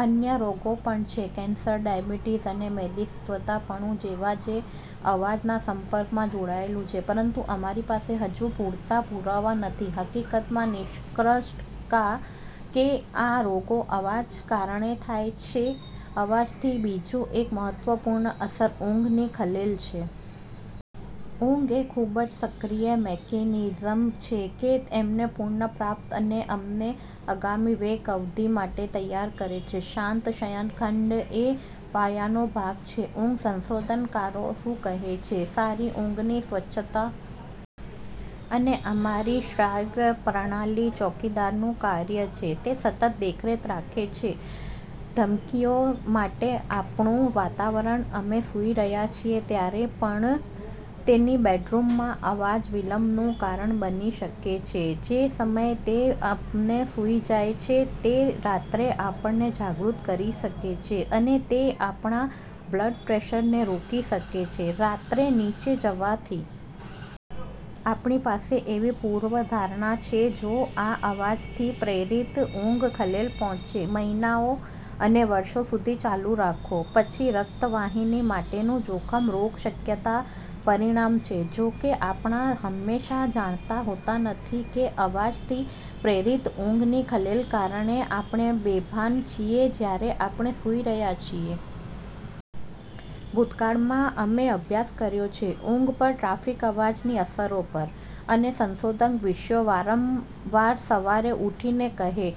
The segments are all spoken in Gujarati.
અન્ય રોગો પણ છે કેન્સર, ડાયાબિટીઝ અને મેદસ્વીપણા જેવા જે અવાજના સંપર્કમાં જોડાયેલું છે, પરંતુ અમારી પાસે હજી પૂરતા પુરાવા નથી હકીકતમાં, નિષ્કર્ષ કા. ો કે આ રોગો અવાજ કારણે થાય છે. અવાજની બીજી એક મહત્વપૂર્ણ અસર ઊંઘની ખલેલ છે. ઊંઘ એ ખૂબ જ સક્રિય મિકેનિઝમ છે કે અમને પુન. પ્રાપ્ત અને અમને આગામી વેક અવધિ માટે તૈયાર કરે છે. શાંત શયનખંડ એ પાયાનો ભાગ છે ઊંઘ સંશોધનકારો શું કહે છે "સારી ઊંઘની સ્વચ્છતા. "અને અમારી શ્રાવ્ય પ્રણાલી ચોકીદારનું કાર્ય છે. તે સતત દેખરેખ રાખે છે ધમકીઓ માટે આપણું વાતાવરણ, અમે સૂઈ રહ્યાં છીએ ત્યારે પણ. તેથી બેડરૂમમાં અવાજ વિલંબનું કારણ બની શકે છે જે સમયે તે અમને સૂઈ જાય છે, તે રાત્રે આપણને જાગૃત કરી શકે છે, અને તે આપણા બ્લડ પ્રેશરને રોકી શકે છે રાત્રે નીચે જવાથી. આપણી પાસે એવી પૂર્વધારણા છે જો આ અવાજથી પ્રેરિત ઊંઘ ખલેલ પહોંચે મહિનાઓ અને વર્ષો સુધી ચાલુ રાખો, પછી રક્તવાહિની માટેનું જોખમ રોગ શક્યતા પરિણામ છે. જો કે, આપણે હંમેશાં જાણતા હોતા નથી આ અવાજથી પ્રેરિત ઊંઘની ખલેલ, કારણ કે આપણે બેભાન છીએ જ્યારે આપણે સૂઈ રહ્યા છીએ. ભૂતકાળમાં, અમે અભ્યાસ કર્યો છે ઊંઘ પર ટ્રાફિક અવાજની અસરો પર, અને સંશોધન વિષયો વારંવાર સવારે ઉઠીને કહે,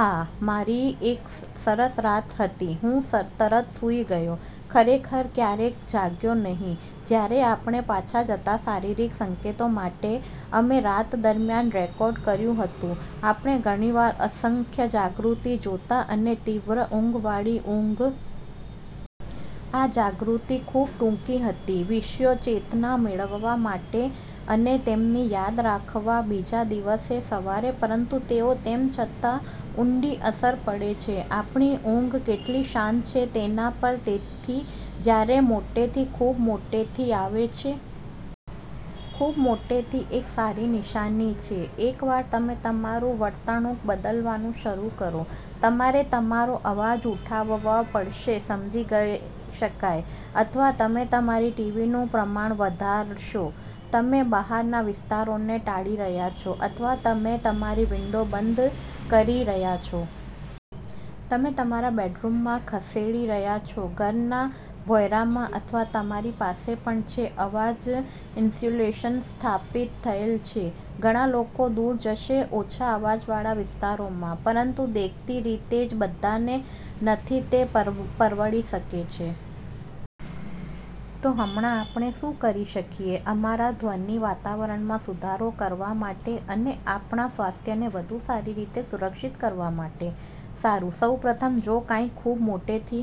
આહ, મારી એક સરસ રાત હતી, હું તરત સૂઈ ગયો, ખરેખર ક્યારેય જાગ્યો નહીં. " જ્યારે આપણે પાછા જતા શારીરિક સંકેતો માટે અમે રાત દરમિયાન રેકોર્ડ કર્યું હતું, આપણે ઘણી વાર અસંખ્ય જાગૃતિ જોતા અને તીવ્ર ઊંઘવાળી ઊંઘ. આ જાગૃતિ ખૂબ ટૂંકી હતી વિષયો ચેતના મેળવવા માટે અને તેમને યાદ રાખવા બીજા દિવસે સવારે, પરંતુ તેઓ તેમ છતાં ઊંડી અસર પડે છે આપણી ઊંઘ કેટલી શાંત છે તેના પર. તેથી જ્યારે મોટેથી ખૂબ મોટેથી આવે છે? ખૂબ મોટેથી એક સારી નિશાની છે એકવાર તમે તમારી વર્તણૂક બદલવાનું શરૂ કરો. તમારે તમારો અવાજ ઉઠાવવો પડશે સમજી શકાય, અથવા તમે તમારા ટીવીનું પ્રમાણ વધારશો. તમે બહારના વિસ્તારોને ટાળી રહ્યા છો, અથવા તમે તમારી વિંડો બંધ કરી રહ્યાં છો. તમે તમારા બેડરૂમમાં ખસેડી રહ્યા છો ઘરના ભોંયરામાં, અથવા તમારી પાસે પણ છે અવાજ ઇન્સ્યુલેશન સ્થાપિત થયેલ છે. ઘણા લોકો દૂર જશે ઓછા અવાજવાળા વિસ્તારોમાં, પરંતુ દેખીતી રીતે જ બધાને નથી તે પરવડી શકે છે. તો હમણાં આપણે શું કરી શકીએ અમારા ધ્વનિ વાતાવરણમાં સુધારો કરવા માટે અને આપણા સ્વાસ્થ્યને વધુ સારી રીતે સુરક્ષિત કરવા માટે? સારું, સૌ પ્રથમ, જો કંઇક ખૂબ મોટેથી